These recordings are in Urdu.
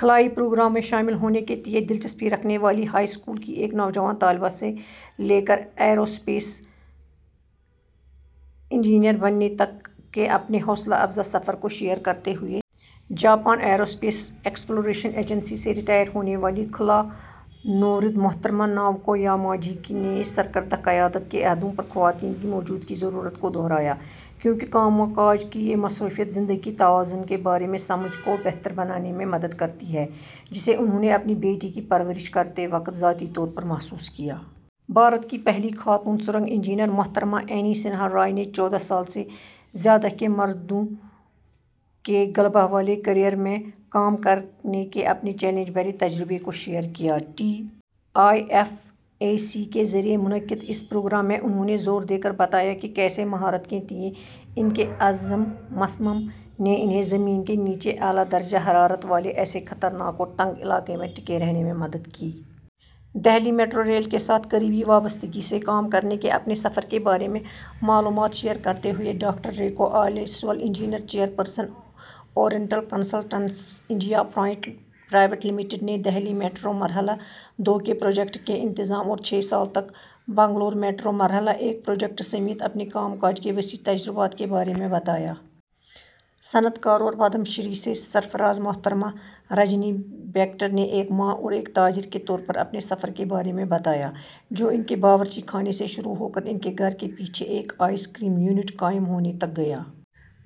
خلائی پروگرام میں شامل ہونے کے تئیں دلچسپی رکھنے والی ہائی اسکول کی ایک نوجوان طالبہ سے لے کر ایرو اسپیس انجینئر بننے تک کے اپنے حوصلہ افزا سفر کو شیئر کرتے ہوئے Japan aerospace exploration agency سے ریٹائر ہونے والی خلا نورد محترمہ ناؤکو یاماجاکی نے سرکردہ قیادت کے عہدوں پر خواتین کی موجودگی کی ضرورت کو دہرایا، کیونکہ کام کاج کی یہ مصروفیت زندگی کے توازن کے بارے میں سمجھ کو بہتر بنانے میں مدد کرتی ہے، جسے انہوں نے اپنی بیٹی کی پرورش کرتے وقت ذاتی طور پر محسوس کیا۔ بھارت کی پہلی خاتون سرنگ انجینئر محترمہ اینی سنہا رائے نے چودہ سال سے زیادہ کے مردوں کے غلبہ والے کیریئر میں کام کرنے کے اپنے چیلنج بھرے تجربے کو شیئر کیا۔ T I F A C کے ذریعے منعقد اس پروگرام میں انہوں نے زور دے کر بتایا کہ کیسے مہارت کے تئیں ان کے عزم مصمم نے انہیں زمین کے نیچے اعلیٰ درجہ حرارت والے ایسے خطرناک اور تنگ علاقے میں ٹکے رہنے میں مدد کی۔ دہلی میٹرو ریل کے ساتھ قریبی وابستگی سے کام کرنے کے اپنے سفر کے بارے میں معلومات شیئر کرتے ہوئے doctor Riko Abe, civil engineer, chairperson, oriental consultants India private limited نے دہلی میٹرو مرحلہ دو کے پروجیکٹ کے انتظام اور چھ سال تک بنگلور میٹرو مرحلہ ایک پروجیکٹ سمیت اپنے کام کاج کے وسیع تجربات کے بارے میں بتایا۔ صنعت کار اور پدم شری سے سرفراز محترمہ رجنی بیکٹر نے ایک ماں اور ایک تاجر کے طور پر اپنے سفر کے بارے میں بتایا، جو ان کے باورچی خانے سے شروع ہو کر ان کے گھر کے پیچھے ایک آئس کریم یونٹ قائم ہونے تک گیا۔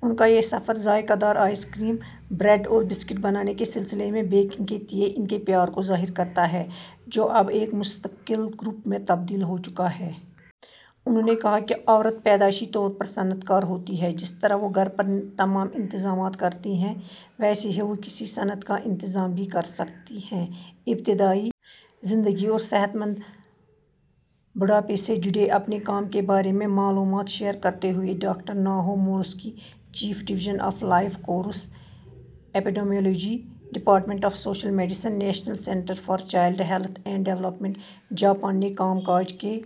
ان کا یہ سفر ذائقہ دار آئس کریم، بریڈ اور بسکٹ بنانے کے سلسلے میں بیکنگ کے تئیں ان کے پیار کو ظاہر کرتا ہے، جو اب ایک مستقل گروپ میں تبدیل ہو چکا ہے۔ انہوں نے کہا کہ عورت پیدائشی طور پر صنعت کار ہوتی ہے۔ جس طرح وہ گھر پر تمام انتظامات کرتی ہیں، ویسے ہی وہ کسی صنعت کا انتظام بھی کر سکتی ہیں۔ ابتدائی زندگی اور صحت مند بڑھاپے سے جڑے اپنے کام کے بارے میں معلومات شیئر کرتے ہوئے doctor Naho Morisaki, chief, division of life course epidemiology, department of social medicine, national centre for child health and development, Japan نے کام کاج کے...